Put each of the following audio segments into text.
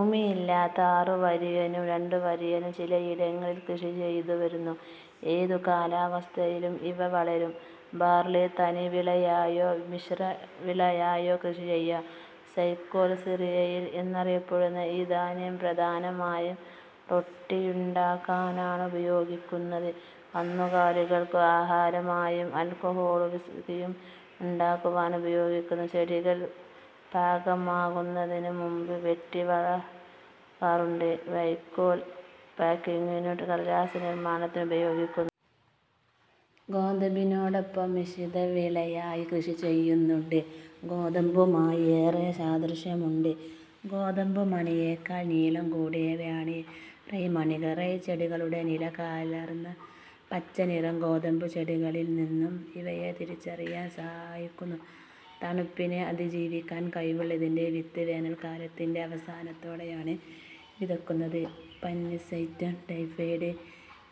ഉമിയില്ലാത്ത ആറുവരിയനും രണ്ടുവരിയനും ചിലയിടങ്ങളിൽ കൃഷിചെയ്തുവരുന്നു. ഏതു കാലാവസ്ഥയിലും ഇവ വളരും. ബാർലി തനിവിളയായോ മിശ്രവിളയായോ കൃഷിചെയ്യാം. സെക്കേൽ സിറിയൽ എന്നറിയപ്പെടുന്ന ഈ ധാന്യം പ്രധാനമായും റൊട്ടിയുണ്ടാക്കാനാണ് ഉപയോഗിക്കുന്നത്. കന്നുകാലികൾക്ക് ആഹാരമായും ആൽക്കഹോളും വിസ്കിയും ഉണ്ടാക്കാനും ഉപയോഗിക്കുന്നു. ചെടികൾ പാകമാകുന്നതിനുമുമ്പ് വെട്ടി വളമാക്കാറുണ്ട്. വയ്ക്കോൽ പായ്ക്കിങ്ങിനും കടലാസ്സു നിർമ്മാണത്തിനും ഉപയോഗിക്കുന്നു. ഗോതമ്പിനോടൊപ്പം മിശ്രവിളയായി കൃഷിചെയ്യുന്നുണ്ട്. ഗോതമ്പുമായി ഏറെ സാദൃശ്യവുമുണ്ട്. ഗോതമ്പുമണിയെക്കാൾ നീളം കൂടിയവയാണ് റൈ മണികൾ. റൈ ചെടികളുടെ നീല കലർന്ന പച്ച നിറം ഗോതമ്പുചെടികളിൽനിന്ന് ഇവയെ തിരിച്ചറിയാൻ സഹായിക്കുന്നു. തണുപ്പിനെ അതിജീവിക്കാൻ കഴിവുള്ള ഇതിന്റെ വിത്ത് വേനൽക്കാലാത്തിന്റെ അവസാനത്തേടെയാണ് വിതയ്ക്കുന്നത്. പെന്നിസെറ്റെം ടൈഫോയിഡം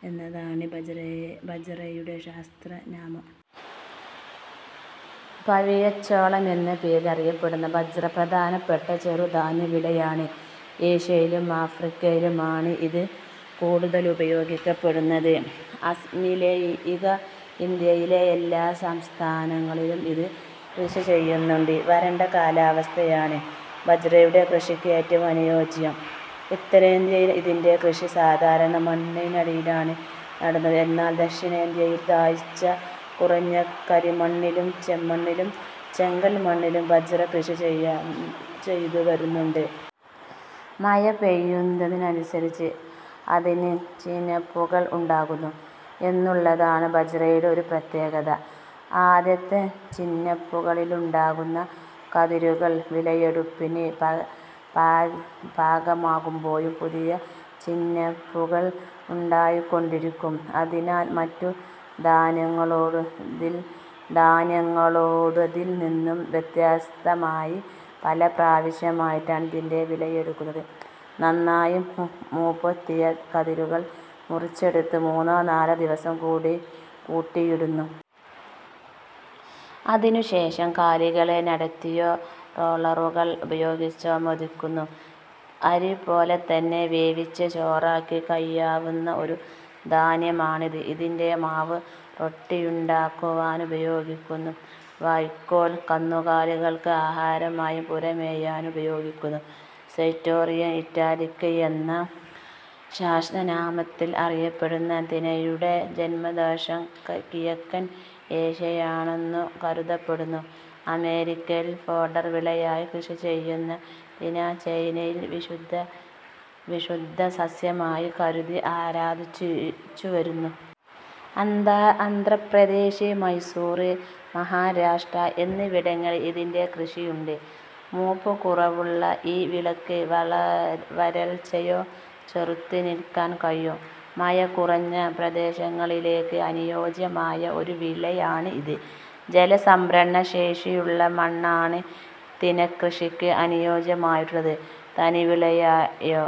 എന്നതാണ് ബജ്റയുടെ ശാസ്ത്രനാമം. പവിഴച്ചോളം എന്ന പേരിൽ അറിയപ്പെടുന്ന ബജ്റ പ്രധാനപ്പെട്ട ചെറു ധാന്യവിളയാണ്. ഏഷ്യയിലും ആഫ്രിക്കയിലുമാണ് ഇത് കൂടുതൽ ഉപയോഗിക്കപ്പെടുന്നത്. അസമിലൊഴികെ ഇന്ത്യയിലെ എല്ലാ സംസ്ഥാനങ്ങളിലും ഇത് കൃഷിചെയ്യുന്നുണ്ട്. വരണ്ട കാലാവസ്ഥയാണ് ബജ്റയുടെ കൃഷിക്ക് ഏറ്റവും അനുയോജ്യം. ഉത്തരേന്ത്യയിൽ ഇതിന്റെ കൃഷി സാധാരണ മണൽമണ്ണിലാണ് നടത്തുന്നത്. എന്നാൽ ദക്ഷിണേന്ത്യയിൽ താഴ്ച കുറഞ്ഞ കരിമണ്ണിലും ചെമ്മണ്ണിലും ചെങ്കൽമണ്ണിലും ബജ്റ കൃഷിചെയ്തുവരുന്നുണ്ട്. മഴ പെയ്യുന്നതിനനുസരിച്ച് അതിന് ചിനപ്പുകൾ ഉണ്ടാകുന്നു എന്നുള്ളതാണ് ബജ്റയുടെ ഒരു പ്രത്യേകത. ആദ്യത്തെ ചിനപ്പുകളിലുണ്ടാകുന്ന കതിരുകൾ വിളവെടുപ്പിന് പാകമാകുമ്പോഴും പുതിയ ചിനപ്പുകൾ ഉണ്ടായിക്കൊണ്ടിരിക്കും. അതിനാൽ മറ്റു ധാന്യങ്ങളുടേതിൽനിന്നു വ്യത്യസ്തമായി പല പ്രാവശ്യമായിട്ടാണ് ഇതിന്റെ വിളവെടുക്കുന്നത്. നന്നായി മൂപ്പെത്തിയ കതിരുകൾ മുറിച്ചെടുത്ത് മൂന്നോ നാലോ ദിവസം കൂട്ടിയിടുന്നു. അതിനുശേഷം കാലികളെ നടത്തിയോ റോളറുകൾ ഉപയോഗിച്ചോ മെതിക്കുന്നു. അരിപോലെതന്നെ വേവിച്ച് ചോറാക്കി കഴിക്കാവുന്ന ഒരു ധാന്യമാണിത്. ഇതിന്റെ മാവ് റൊട്ടിയുണ്ടാക്കാനുപയോഗിക്കുന്നു. വയ്ക്കോൽ കന്നുകാലികൾക്ക് ആഹാരമായും പുര മേയാനും ഉപയോഗിക്കുന്നു. സെറ്റേറിയ ഇറ്റാലിക്ക എന്ന ശാസ്ത്രനാമത്തിൽ അറിയപ്പെടുന്ന തിനയുടെ ജന്മദേശം കിഴക്കൻ ഏഷ്യയാണെന്നു കരുതപ്പെടുന്നു. അമേരിക്കയിൽ ഫോഡർ വിളയായി കൃഷി ചെയ്യുന്ന തിന ചൈനയിൽ വിശുദ്ധ സസ്യമായി കരുതി ആരാധിച്ചുവരുന്നു. ആന്ധ്രപ്രദേശ്, മൈസൂർ, മഹാരാഷ്ട്ര എന്നിവിടങ്ങളിൽ ഇതിന്റെ കൃഷിയുണ്ട്. മൂപ്പുകുറവുള്ള ഈ വിളയ്ക്ക് വരൾച്ചയെ ചെറുത്തുനില്ക്കാൻ കഴിയും. മഴ കുറഞ്ഞ പ്രദേശങ്ങളിലേക്ക് അനുയോജ്യമായ ഒരു വിളയാണിത്. ജലസംഭരണശേഷിയുള്ള മണ്ണാണ് തിനക്കൃഷിക്ക് അനുയോജ്യമായിട്ടുള്ളത്. തനിവിളയായോ